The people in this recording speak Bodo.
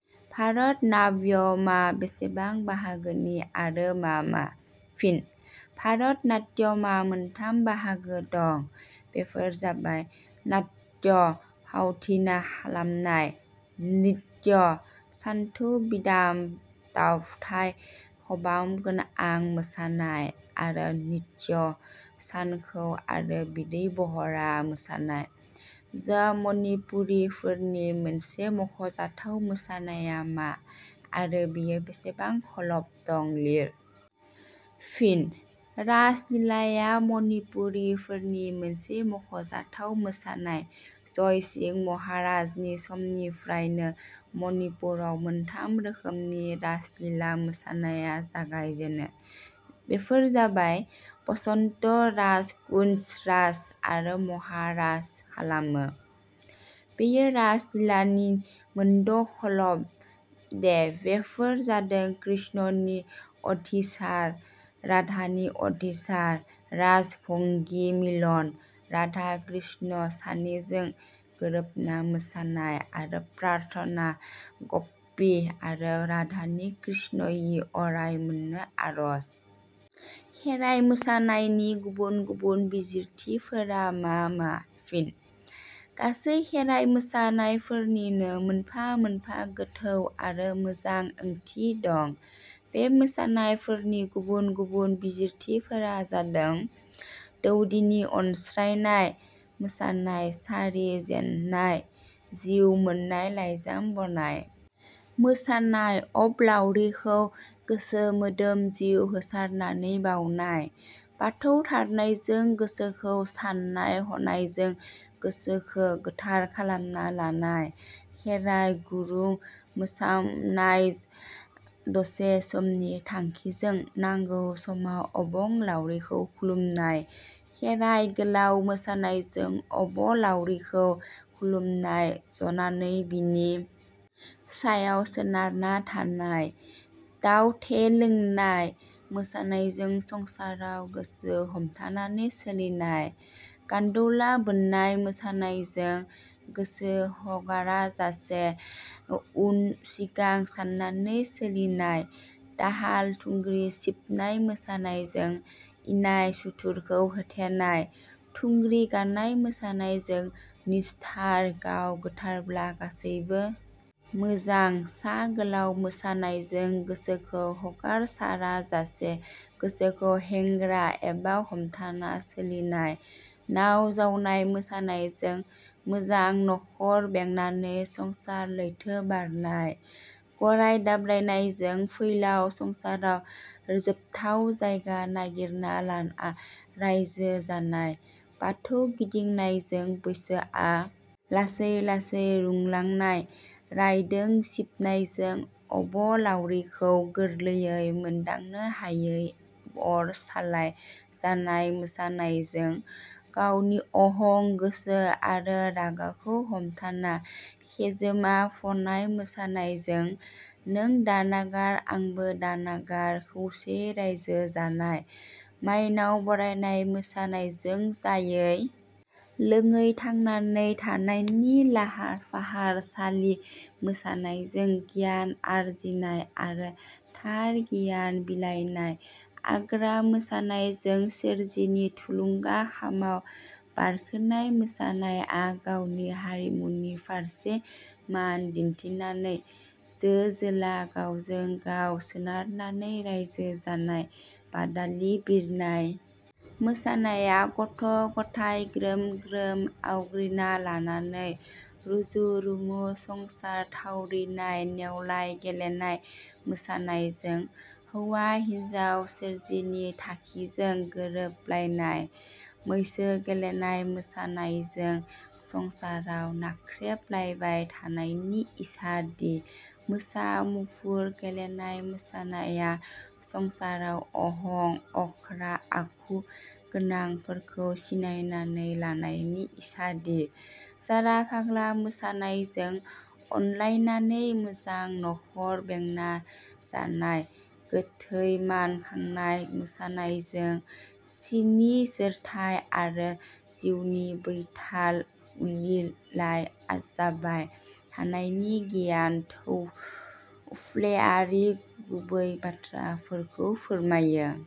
भारत नाव्यमा बेसेबां बाहागोनि आरो मा मा? फिन भारत नात्यमा मोनथाम बाहागो दं। बेफोर जाबाय- नात्य- फावथिना खालामनाय। नृत्य सानथौ बिदाम दावथाइ खबामगोना मोसानाय आरो नृत्य सानखौ आरो बिदै बहरा मोसानाय। ज मनिपुरीफोरनि मोनसे मखजाथाव मोसानाया मा आरो बेयाव बेसेबां खलब दं लिर। फिनः रासलिलाया मनिपुरीफोरनि मोनसे मख'जाथाव मोसानाय जयसिंह महाराजनि समनिफ्रायनो मनिपुराव मोनथाम रोखोमनि रासलिला मोसानाया जागायजेनो बेफोर जाबाय बसन्त रास कुनज रास आरो महारास खालामो। बे रासलिलानि मोनद' खलब दे वेफोर जादों कृष्णनि अधिसार राधानि अधिसार रास भंगी मिलन राधा कृष्ण सानेजों गोरोबना मोसानाय आरो प्रार्थना गप्पी आरो राधानि कृष्णखी अराय मोननो आरज। खेराय मोसानायनि गुबुन गुबुन बिजिरथिफोरा मा मा? फिन: गासै खेराइ मोसानायफोरनिनो मोनफा मोनफा गोथौ आरो मोजां ओंथि दं बे मोसानायफोरनि गुबुन गुबुन बिजिरथिफोरा जादों- दौदिनि अनस्रानाय मोसानाय सारि जेननाथ, जिउ मोननाय लाइजाम बनाय मोसानाय अबलाउरिखौ गोसो मोदोम जिउ होसारनानै बाउनाय, बाथौ थारनायजों गोसोखौ साननाय हनायजों गोसोखो गोथार खालामना लानाय खेराइ गुरुं मोसानायज दसे समनि थांखिजों नांगौ समाव अबंलावरिखौ खुलुमनाय खेराइ गोलाउ मोसानायजों अबलावरिखौ खुलुमनाय, जनानै बिनि सायाव सोनारना थानाय दाउ थे लोंनाय मोसानायजों संसाराव गोसो हमथानानै सोलिनाय, गान्दौला बोननाय मोसानायजों गोहो हगाराजासे उन-सिंगा साननानै सोलिनाय दाहाल- थुंग्रि सिबनाय मोसानायजों इनाय सुथुरखौ होथेनाय थुंग्रि गानाय मोसानायजों निस्थार, गाव गोथारब्ला गासैबो मोजां सा गोलाउ मोसानायजों गोसोखौ हगारसाराजासे गोसोखौ हेंग्रा एबा हमथाना सोलिनाय नाव जावनाय मोसानायजों मोजां नखर बेंनानै संसार लैथो बारनाय गराइ दाब्रायनायजों फैलाव संसाराव रोजोबथाव जायगा नागिरना लाना रायजो जानाय बाथौ गिदिंनायजों बैसोआ लासै लासै रुंलांनाय रायदों सिबनायजों अबलावारिखौ गोरलैयै मोनदांनो हायै अर सालाइ जानाय मोसानायजों गावनि अहं गोसो आरो रागाखौ हमथानाय खेजोमा फनाय मोसानायजों नों दानागार आंबो दानागार खौसेयै रायजो जानाय मायनाव बरायनाय मोसानायजों जायै लोङै थांनानै थानायनि लाहार फाहार सालि मोसानायजों गियान आरजिनाय आरो थार गियान बिलायनाय आग्रा मोसानायजों सोरजिनि थुलुंगा खामाव बारखोनाय मोसानाया गावनि हारिमुनि फारसे मान दिन्थिनानै जो-जोला गावजों गाव सोनारनानै रायजो जानाय बादालि बिरनाय मोसानाया गथ- गथाइ ग्रोम ग्रोम आवग्रिना लानानै रुजु रुमु संसार थावरिनाय नेवलाइ गेलेनाय मोसानायजों हौवा हिनजाव सोरजिनि थाखिजों गोरोबलायनाय मैसो गेलेनाय मोसानायजों संसाराव नाख्रेबलायबाय थानायनि इसादि मोसा मुफुर गेलेनाय मोसानाया संसाराव अहं, अख्रा आखु गोनांफोरखौ सिनायनानै लानायनि इसादि जाराफाला मोसानायजों अनलायनानै मोजां नखर बेंना जानाय गोथै मानखांनाय मोसानायजों सि नि जोरथाइ आरो जिउनि थैलाय उजिलाय जाबाय थानायनि गियान थौफ्लेयारि गुबै बाथ्राफोरखौ फोरमायो।